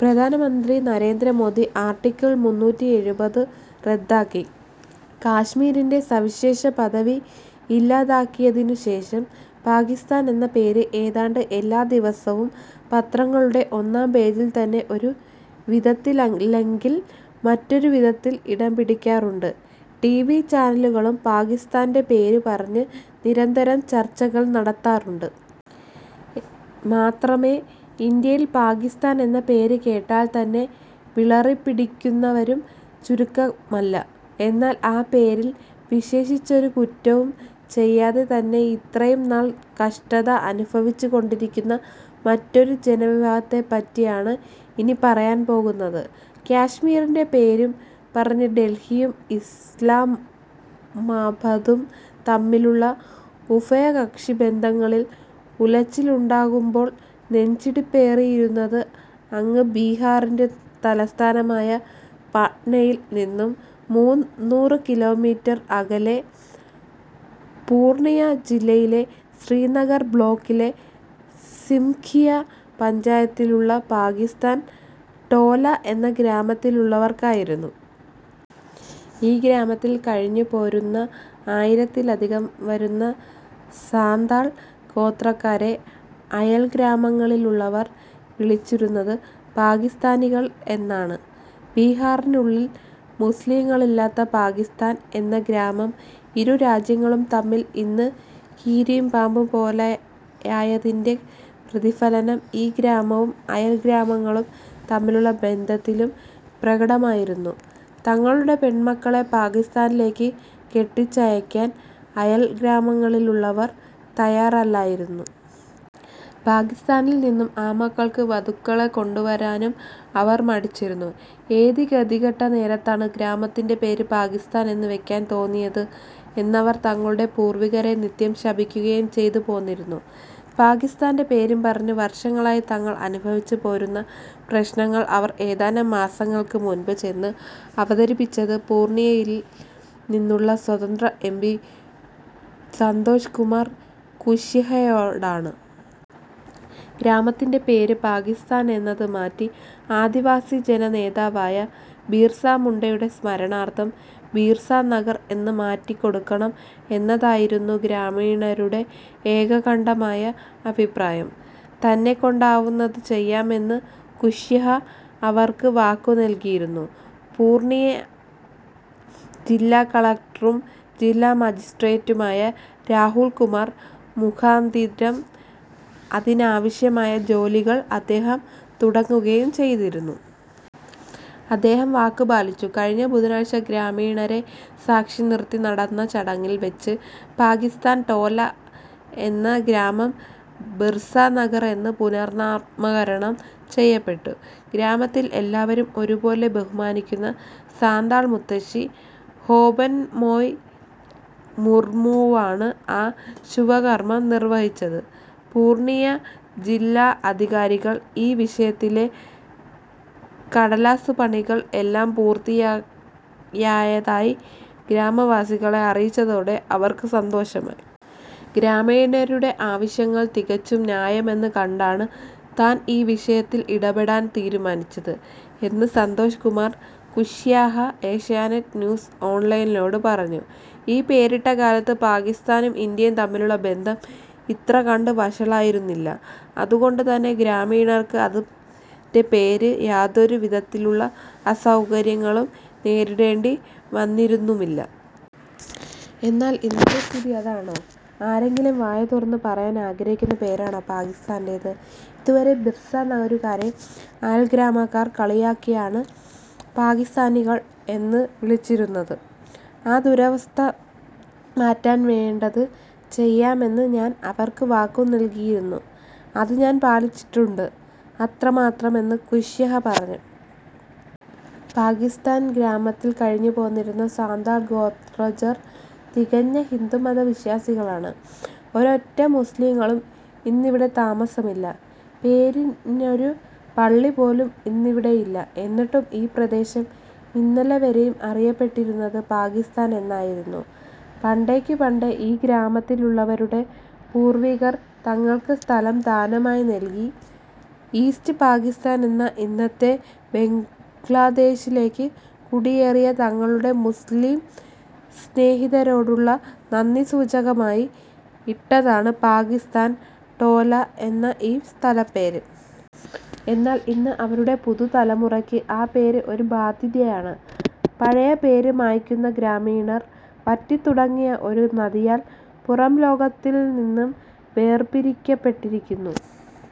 പ്രധാനമന്ത്രി നരേന്ദ്ര മോദി ആർട്ടിക്കിൾ മൂന്നൂറ്റി എഴുപത് റദ്ദാക്കി കശ്മീരിൻ്റെ സവിശേഷപദവി ഇല്ലാതാക്കിയതിനു ശേഷം, പാകിസ്ഥാൻ എന്ന പേര് ഏതാണ്ട് എല്ലാദിവസവും പത്രങ്ങളുടെ ഒന്നാം പേജിൽ തന്നെ ഒരു വിധത്തിലല്ലെങ്കിൽ മറ്റൊരുവിധത്തിൽ ഇടം പിടിക്കാറുണ്ട്. ടിവി ചാനലുകളും പാകിസ്ഥാൻ്റെ പേരും പറഞ്ഞ് നിരന്തരം ചർച്ചകൾ നടത്താറുണ്ട്. മാത്രമേ, ഇന്ത്യയിൽ പാകിസ്ഥാൻ എന്ന പേര് കേട്ടാൽ തന്നെ വിറളിപിടിക്കുന്നവരും ചുരുക്കമല്ല. എന്നാൽ ആ പേരിൽ, വിശേഷിച്ചൊരു കുറ്റവും ചെയ്യാതെ തന്നെ, ഇത്രയും നാൾ കഷ്ടത അനുഭവിച്ചുകൊണ്ടിരുന്ന മറ്റൊരു ജനവിഫാഗത്തെപ്പറ്റിയാണ് ഇനി പറയാൻ പോകുന്നത്. കശ്മീരിൻ്റെ പേരും പറഞ്ഞ് ഡൽഹിയും ഇസ്ലാമാബാദും തമ്മിലുള്ള ഉഫയകക്ഷി ബന്ധങ്ങളിൽ ഉലച്ചിലുണ്ടാകുമ്പോൾ നെഞ്ചിടിപ്പേറിയിരുന്നത്, അങ്ങ് ബിഹാറിൻ്റെ തലസ്ഥാനമായ പട്നയിൽ നിന്ന് മുന്നൂറ് കിലോമീറ്റർ അകലെ, പൂർണിയ ജില്ലയിലെ ശ്രീനഗർ ബ്ലോക്കിലെ സിംഘിയ പഞ്ചായത്തിലുള്ള പാകിസ്ഥാൻ ടോലാ എന്ന ഗ്രാമത്തിലുള്ളവർക്കായിരുന്നു. ഈ ഗ്രാമത്തിൽ കഴിഞ്ഞുപോരുന്ന ആയിരത്തിലധികം വരുന്ന സാന്താൾ ഗോത്രക്കാരെ അയൽഗ്രാമങ്ങളിലുള്ളവർ വിളിച്ചിരുന്നത് പാകിസ്ഥാനികൾ എന്നാണ്. ബിഹാറിനുള്ളിൽ മുസ്ലിങ്ങളില്ലാത്ത പാകിസ്ഥാൻ എന്ന ഗ്രാമം, ഇരു രാജ്യങ്ങളും തമ്മിൽ ഇന്ന് കീരിയും പാമ്പും പോലായതിൻ്റെ പ്രതിഫലനം ഈ ഗ്രാമവും അയൽ ഗ്രാമങ്ങളും തമ്മിലുള്ള ബന്ധത്തിലും പ്രകടമായിരുന്നു. തങ്ങളുടെ പെൺമക്കളെ പാകിസ്ഥാനിലേക്ക് കെട്ടിച്ചയക്കാൻ അയൽഗ്രാമങ്ങളിലുള്ളവർ തയ്യാറല്ലായിരുന്നു. പാകിസ്ഥാനിൽ നിന്ന് ആൺമക്കൾക്ക് വധുക്കളെ കൊണ്ടുവരാനും അവർ മടിച്ചിരുന്നു. ഏത് ഗതികെട്ട നേരത്താണ് ഗ്രാമത്തിൻ്റെ പേര് പാകിസ്ഥാൻ എന്ന് വെക്കാൻ തോന്നിയത് എന്നവർ തങ്ങളുടെ പൂർവ്വികരെ നിത്യം ശപിക്കുകയും ചെയ്തുപോന്നിരുന്നു. പാകിസ്ഥാൻ്റെ പേരും പറഞ്ഞ് വർഷങ്ങളായി തങ്ങൾ അനുഭവിച്ചുപോരുന്ന പ്രശ്നങ്ങൾ അവർ ഏതാനും മാസങ്ങൾക്ക് മുൻപ് ചെന്ന് അവതരിപ്പിച്ചത് പൂർണിയയിൽ നിന്നുള്ള സ്വതന്ത്ര എം പി സന്തോഷ് കുമാർ കുഷ്വാഹയോടാണ്. ഗ്രാമത്തിൻ്റെ പേര് പാകിസ്ഥാൻ എന്നത് മാറ്റി, ആദിവാസി ജനനേതാവായ ബിർസാ മുണ്ടയുടെ സ്മരണാർത്ഥം ബിർസാനഗർ എന്ന് മാറ്റിക്കൊടുക്കണം എന്നതായിരുന്നു ഗ്രാമീണരുടെ ഏകകണ്ഠമായ അഭിപ്രായം. തന്നെക്കൊണ്ടാവുന്നത് ചെയ്യാം എന്ന് കുഷ്വാഹ അവർക്ക് വാക്കുനൽകിയിരുന്നു. പൂർണിയ ജില്ലാ കളക്ടറും ജില്ലാ മജിസ്ട്രേറ്റുമായ രാഹുൽ കുമാർ മുഖാന്തിരം അതിനാവശ്യമായ ജോലികൾ അദ്ദേഹം തുടങ്ങുകയും ചെയ്തിരുന്നു. അദ്ദേഹം വാക്കുപാലിച്ചു. കഴിഞ്ഞ ബുധനാഴ്ച, ഗ്രാമീണരെ സാക്ഷിനിർത്തി നടന്ന ചടങ്ങിൽ വെച്ച് പാകിസ്ഥാൻ ടോലാ എന്ന ഗ്രാമം ബിർസാനഗർ എന്ന് പുനർനാമകരണം ചെയ്യപ്പെട്ടു. ഗ്രാമത്തിൽ എല്ലാവരും ഒരുപോലെ ബഹുമാനിക്കുന്ന സാന്താൾ മുത്തശ്ശി ഹോപൻമൊയ് മുർമുവാണ് ആ ശുഭകർമ്മം നിർവ്വഹിച്ചത്. പൂർണിയ ജില്ലാ അധികാരികൾ ഈ വിഷയത്തിലെ കടലാസുപണികൾ എല്ലാം പൂർത്തിയായതായി ഗ്രാമവാസികളെ അറിയിച്ചതോടെ അവർക്ക് സന്തോഷമായി. ഗ്രാമീണരുടെ ആവശ്യങ്ങൾ തികച്ചും ന്യായമെന്ന് കണ്ടാണ് താൻ ഈ വിഷയത്തിൽ ഇടപെടാൻ തീരുമാനിച്ചത് എന്ന് സന്തോഷ് കുമാർ കുഷ്വാഹ ഏഷ്യാനെറ്റ് ന്യൂസ് ഓൺലൈനിനോട് പറഞ്ഞു. ഈ പേരിട്ട കാലത്ത് പാകിസ്ഥാനും ഇന്ത്യയും തമ്മിലുള്ള ബന്ധം ഇത്രകണ്ട് വഷളായിരുന്നില്ല. അതുകൊണ്ടുതന്നെ ഗ്രാമീണർക്ക് അതിൻ്റെ പേരിൽ യാതൊരു വിധത്തിലുള്ള അസൗകര്യങ്ങളും നേരിടേണ്ടി വന്നിരുന്നുമില്ല. എന്നാൽ ഇന്നത്തെ സ്ഥിതി അതാണോ? ആരെങ്കിലും വായ തുറന്ന് പറയാൻ ആഗ്രഹിക്കുന്ന പേരാണോ പാക്കിസ്ഥാൻ്റേത്? ഇതുവരെ ബിർസാനഗറുകാരെ അയൽഗ്രാമക്കാർ കളിയാക്കിയാണ് പാകിസ്ഥാനികൾ എന്ന് വിളിച്ചിരുന്നത്. ആ ദുരവസ്ഥ മാറ്റാൻ വേണ്ടത് ചെയ്യാമെന്ന് ഞാൻ അവർക്ക് വാക്കുനൽകിയിരുന്നു. അത് ഞാൻ പാലിച്ചിട്ടുണ്ട്, അത്രമാത്രം എന്ന് കുഷ്വാഹ പറഞ്ഞു. പാകിസ്ഥാൻ ഗ്രാമത്തിൽ കഴിഞ്ഞുപോന്നിരുന്ന സാന്താൾ ഗോത്രജർ തികഞ്ഞ ഹിന്ദുമത വിശ്വാസികളാണ്. ഒരൊറ്റ മുസ്ലിങ്ങളും ഇന്നിവിടെ താമസമില്ല. പേരിനൊരു പള്ളി പോലും ഇന്നിവിടെയില്ല. എന്നിട്ടും ഈ പ്രദേശം ഇന്നലെ വരെയും അറിയപ്പെട്ടിരുന്നത് പാകിസ്ഥാൻ എന്നായിരുന്നു. പണ്ടേക്കുപണ്ടേ ഈ ഗ്രാമത്തിലുള്ളവരുടെ പൂർവ്വികർ, തങ്ങൾക്ക് സ്ഥലം ദാനമായി നൽകി ഈസ്റ്റ് പാകിസ്ഥാൻ എന്ന ഇന്നത്തെ ബംഗ്ലാദേശിലേക്ക് കുടിയേറിയ തങ്ങളുടെ മുസ്ലിം സ്നേഹിതരോടുള്ള നന്ദിസൂചകമായി ഇട്ടതാണ് പാകിസ്ഥാൻ ടോലാ എന്ന ഈ സ്ഥലപ്പേര്. എന്നാൽ ഇന്ന് അവരുടെ പുതുതലമുറയ്ക്ക് ആ പേര് ഒരു ബാധ്യതയാണ്. പഴയ പേര് മായ്ക്കുന്ന ഗ്രാമീണർ വറ്റിത്തുടങ്ങിയ ഒരു നദിയാൽ പുറംലോകത്തിൽ നിന്ന് വേർപിരിക്കപ്പെട്ടിരിക്കുന്നു.